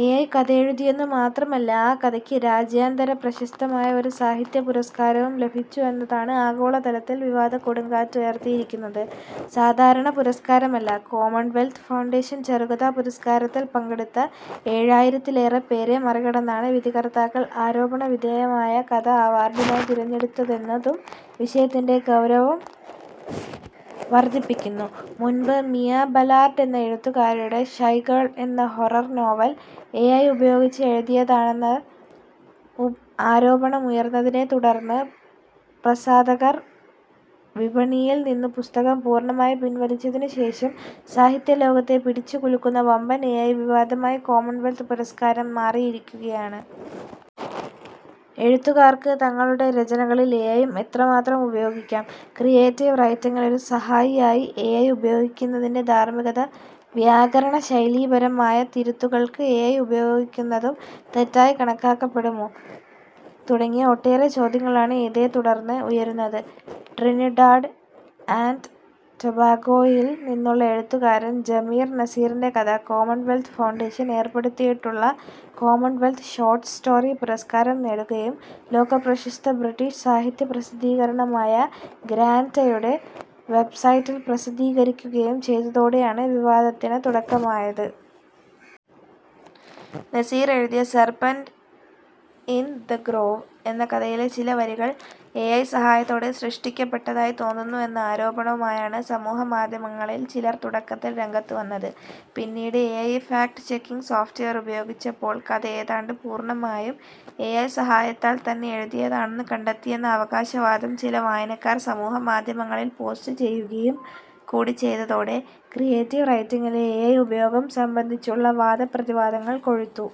AI കഥയെഴുതിയെന്നു മാത്രമല്ല, ആ കഥയ്ക്ക് രാജ്യാന്തര പ്രശസ്തമായ ഒരു സാഹിത്യപുരസ്കാരവും ലഭിച്ചുവെന്നതാണ് ആഗോളതലത്തിൽ വിവാദക്കൊടുങ്കാറ്റുയർത്തിയിരിക്കുന്നത്. സാധാരണ പുരസ്കാരമല്ല, കോമൺവെൽത്ത് ഫൗണ്ടേഷൻ ചെറുകഥാ പുരസ്കാരത്തിൽ പങ്കെടുത്ത ഏഴായിരത്തിലേറെപ്പേരെ മറികടന്നാണ് വിധികർത്താക്കൾ ആരോപണവിധേയമായ കഥ അവാർഡിനായി തിരഞ്ഞെടുത്തതെന്നതും വിഷയത്തിന്റെ ഗൗരവം വർധിപ്പിക്കുന്നു. മുൻപ് മിയ ബലാർഡ് എന്ന എഴുത്തുകാരിയുടെ 'ഷൈ ഗേൾ' എന്ന ഹൊറർ നോവൽ എഐ ഉപയോഗിച്ച് എഴുതിയതാണെന്ന ആരോപണമുയർന്നതിനെത്തുടർന്നു പ്രസാധകർ വിപണിയിൽ നിന്നു പുസ്തകം പൂർണമായി പിൻവലിച്ചതിനു ശേഷം സാഹിത്യലോകത്തെ പിടിച്ചുകുലുക്കുന്ന വമ്പൻ എഐ വിവാദമായി കോമൺവെൽത്ത് പുരസ്കാരം മാറിയിരിക്കുകയാണ്. എഴുത്തുകാർക്ക് തങ്ങളുടെ രചനകളിൽ എഐ എത്രമാത്രം ഉപയോഗിക്കാം, ക്രിയേറ്റീവ് റൈറ്റിങ്ങിൽ ഒരു സഹായിയായി എഐ ഉപയോഗിക്കുന്നതിന്റെ ധാർമികത, വ്യാകരണ, ശൈലീപരമായ തിരുത്തുകൾക്ക് എഐ ഉപയോഗിക്കുന്നതും തെറ്റായി കണക്കാക്കപ്പെടുമോ തുടങ്ങിയ ഒട്ടേറെ ചോദ്യങ്ങളാണ് ഇതേത്തുടർന്ന് ഉയരുന്നത്. ട്രിനിഡാഡ് ആൻഡ് ടൊബാഗോയിൽ നിന്നുള്ള എഴുത്തുകാരൻ ജമീർ നസീറിന്റെ കഥ കോമൺവെൽത്ത് ഫൗണ്ടേഷൻ ഏർപ്പെടുത്തിയിട്ടുള്ള കോമൺവെൽത്ത് ഷോർട് സ്റ്റോറി പുരസ്കാരം നേടുകയും ലോക പ്രശസ്ത ബ്രിട്ടിഷ് സാഹിത്യ പ്രസിദ്ധീകരണമായ ഗ്രാൻറ്റയുടെ വെബ്സൈറ്റിൽ പ്രസിദ്ധീകരിക്കുകയും ചെയ്തതോടെയാണ് വിവാദത്തിന് തുടക്കമായത്. നസീർ എഴുതിയ 'സെർപെന്റ് ഇൻ ദ് ഗ്രോവ്' എന്ന കഥയിലെ ചില വരികൾ എഐ സഹായത്തോടെ സൃഷ്ടിക്കപ്പെട്ടതായി തോന്നുന്നുവെന്ന ആരോപണവുമായാണ് സമൂഹമാധ്യമങ്ങളിൽ ചിലർ തുടക്കത്തിൽ രംഗത്തുവന്നത്. പിന്നീട് എഐ ഫാക്ട് ചെക്കിങ് സോഫ്റ്റ്വെയർ ഉപയോഗിച്ചപ്പോൾ കഥ ഏതാണ്ടു പൂർണമായും എഐ സഹായത്താൽ തന്നെ എഴുതിയതാണെന്നു കണ്ടെത്തിയെന്ന അവകാശവാദം ചില വായനക്കാർ സമൂഹമാധ്യമങ്ങളിൽ പോസ്റ്റ് ചെയ്യുകയും കൂടി ചെയ്തതോടെ ക്രിയേറ്റീവ് റൈറ്റിങ്ങിലെ എഐ ഉപയോഗം സംബന്ധിച്ചുള്ള വാദപ്രതിവാദങ്ങൾ കൊഴുത്തു.